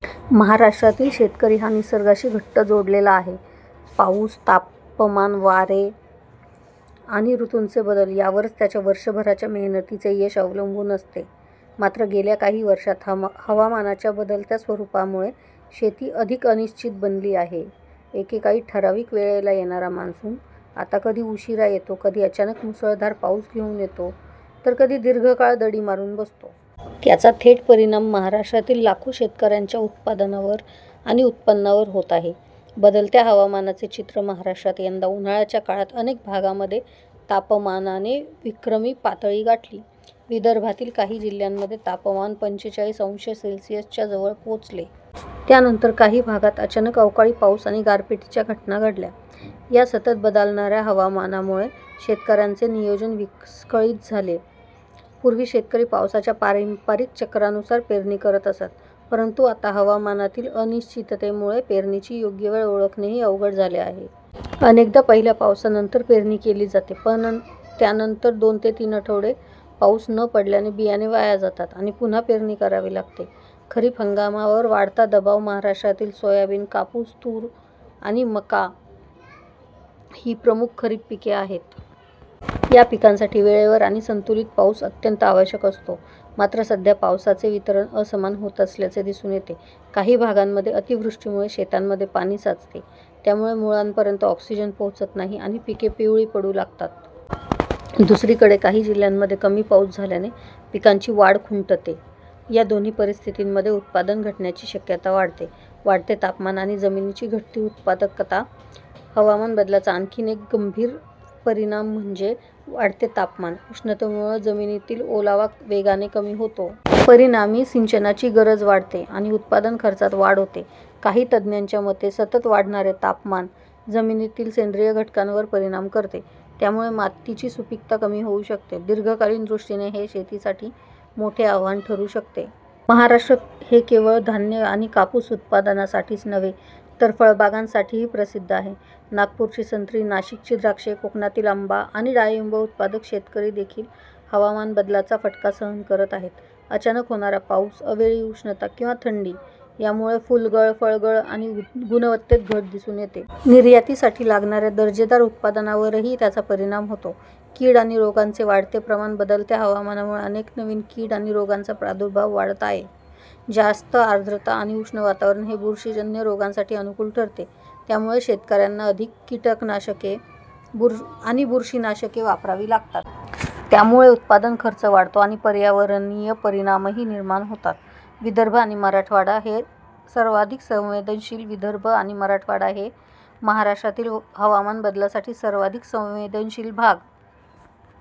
महाराष्ट्रातील शेतकरी हा निसर्गाशी घट्ट जोडलेला आहे. पाऊस, तापमान, वारे आणि ऋतूंचे बदल यावरच त्याच्या वर्षभराच्या मेहनतीचे यश अवलंबून असते. मात्र गेल्या काही वर्षांत हवामानाच्या बदलत्या स्वरूपामुळे शेती अधिक अनिश्चित बनली आहे. एकेकाळी ठराविक वेळेत येणारा मान्सून आता कधी उशिरा येतो, कधी अचानक मुसळधार पाऊस घेऊन येतो, तर कधी दीर्घ काळ दडी मारून बसतो. याचा थेट परिणाम महाराष्ट्रातील लाखो शेतकऱ्यांच्या उत्पादनावर आणि उत्पन्नावर होत आहे. बदलत्या हवामानाचे चित्र महाराष्ट्रात यंदा उन्हाळ्याच्या काळात अनेक भागांमध्ये तापमानाने विक्रमी पातळी गाठली. विदर्भातील काही जिल्ह्यांमध्ये तापमान पंचेचाळीस अंश सेल्सिअसच्या जवळ पोहोचले. त्यानंतर काही भागांत अचानक अवकाळी पाऊस आणि गारपिटीच्या घटना घडल्या. या सतत बदलणाऱ्या हवामानामुळे शेतकऱ्यांचे नियोजन विस्कळीत झाले. पूर्वी शेतकरी पावसाच्या पारंपरिक चक्रानुसार पेरणी करत असत. परंतु आता हवामानातील अनिश्चिततेमुळे पेरणीची योग्य वेळ ओळखणेही अवघड झाले आहे. अनेकदा पहिल्या पावसानंतर पेरणी केली जाते, पण त्यानंतर दोन ते तीन आठवडे पाऊस न पडल्याने बियाणे वाया जातात. आणि पुन्हा पेरणी करावी लागते. खरीप हंगामावर वाढता दबाव महाराष्ट्रातील सोयाबीन, कापूस, तूर आणि मका ही प्रमुख खरीप पिके आहेत. या पिकांसाठी वेळेवर आणि संतुलित पाऊस अत्यंत आवश्यक असतो. मात्र सध्या पावसाचे वितरण असमान होत असल्याचे दिसून येते. काही भागांमध्ये अतिवृष्टीमुळे शेतांमध्ये पाणी साचते. त्यामुळे मुळांपर्यंत ऑक्सिजन पोहोचत नाही आणि पिके पिवळी पडू लागतात. दुसरीकडे काही जिल्ह्यांमध्ये कमी पाऊस झाल्याने पिकांची वाढ खुंटते. या दोन्ही परिस्थितींमध्ये उत्पादन घटण्याची शक्यता वाढते. वाढते तापमान आणि जमिनीची घटती उत्पादकता हवामान बदलाचा आणखी एक गंभीर परिणाम म्हणजे वाढते तापमान. उष्णतेमुळे जमिनीतील ओलावा वेगाने कमी होतो. परिणामी सिंचनाची गरज वाढते आणि उत्पादन खर्चात वाढ होते. कृषी तज्ज्ञांच्या मते, सतत वाढणारे तापमान जमिनीतील सेंद्रिय घटकांवर परिणाम करते. यामुळे मातीची सुपीकता कमी होऊ शकते. दीर्घकालीन दृष्टीने हे शेतीसाठी मोठे आव्हान ठरू शकते. महाराष्ट्र हे केवळ धान्य आणि कापूस उत्पादनासाठीच नव्हे तर फळबागांसाठीही प्रसिद्ध आहे. नागपूरची संत्री, नाशिकची द्राक्षे, कोकणातील आंबा आणि डाळिंब उत्पादक शेतकरी देखील हवामान बदलाचा फटका सहन करत आहेत. अचानक होणारा पाऊस, अवेळी उष्णता किंवा थंडी यामुळे फुलगळ, फळगळ आणि गुणवत्तेत घट दिसून येते. निर्यातीसाठी लागणाऱ्या दर्जेदार उत्पादनावरही त्याचा परिणाम होतो. कीड आणि रोगांचे वाढते प्रमाण बदलत्या हवामानामुळे अनेक नवीन कीड आणि रोगांचा प्रादुर्भाव वाढत आहे. जास्त आर्द्रता आणि उष्ण वातावरण हे बुरशीजन्य रोगांसाठी अनुकूल ठरते. त्यामुळे शेतकऱ्यांना अधिक कीटकनाशके आणि बुरशीनाशके वापरावी लागतात. यामुळे उत्पादन खर्च वाढतो आणि पर्यावरणीय परिणामही निर्माण होतात. विदर्भ आणि मराठवाडा सर्वाधिक संवेदनशील विदर्भ आणि मराठवाडा हे महाराष्ट्रातील हवामान बदलासाठी सर्वाधिक संवेदनशील भाग--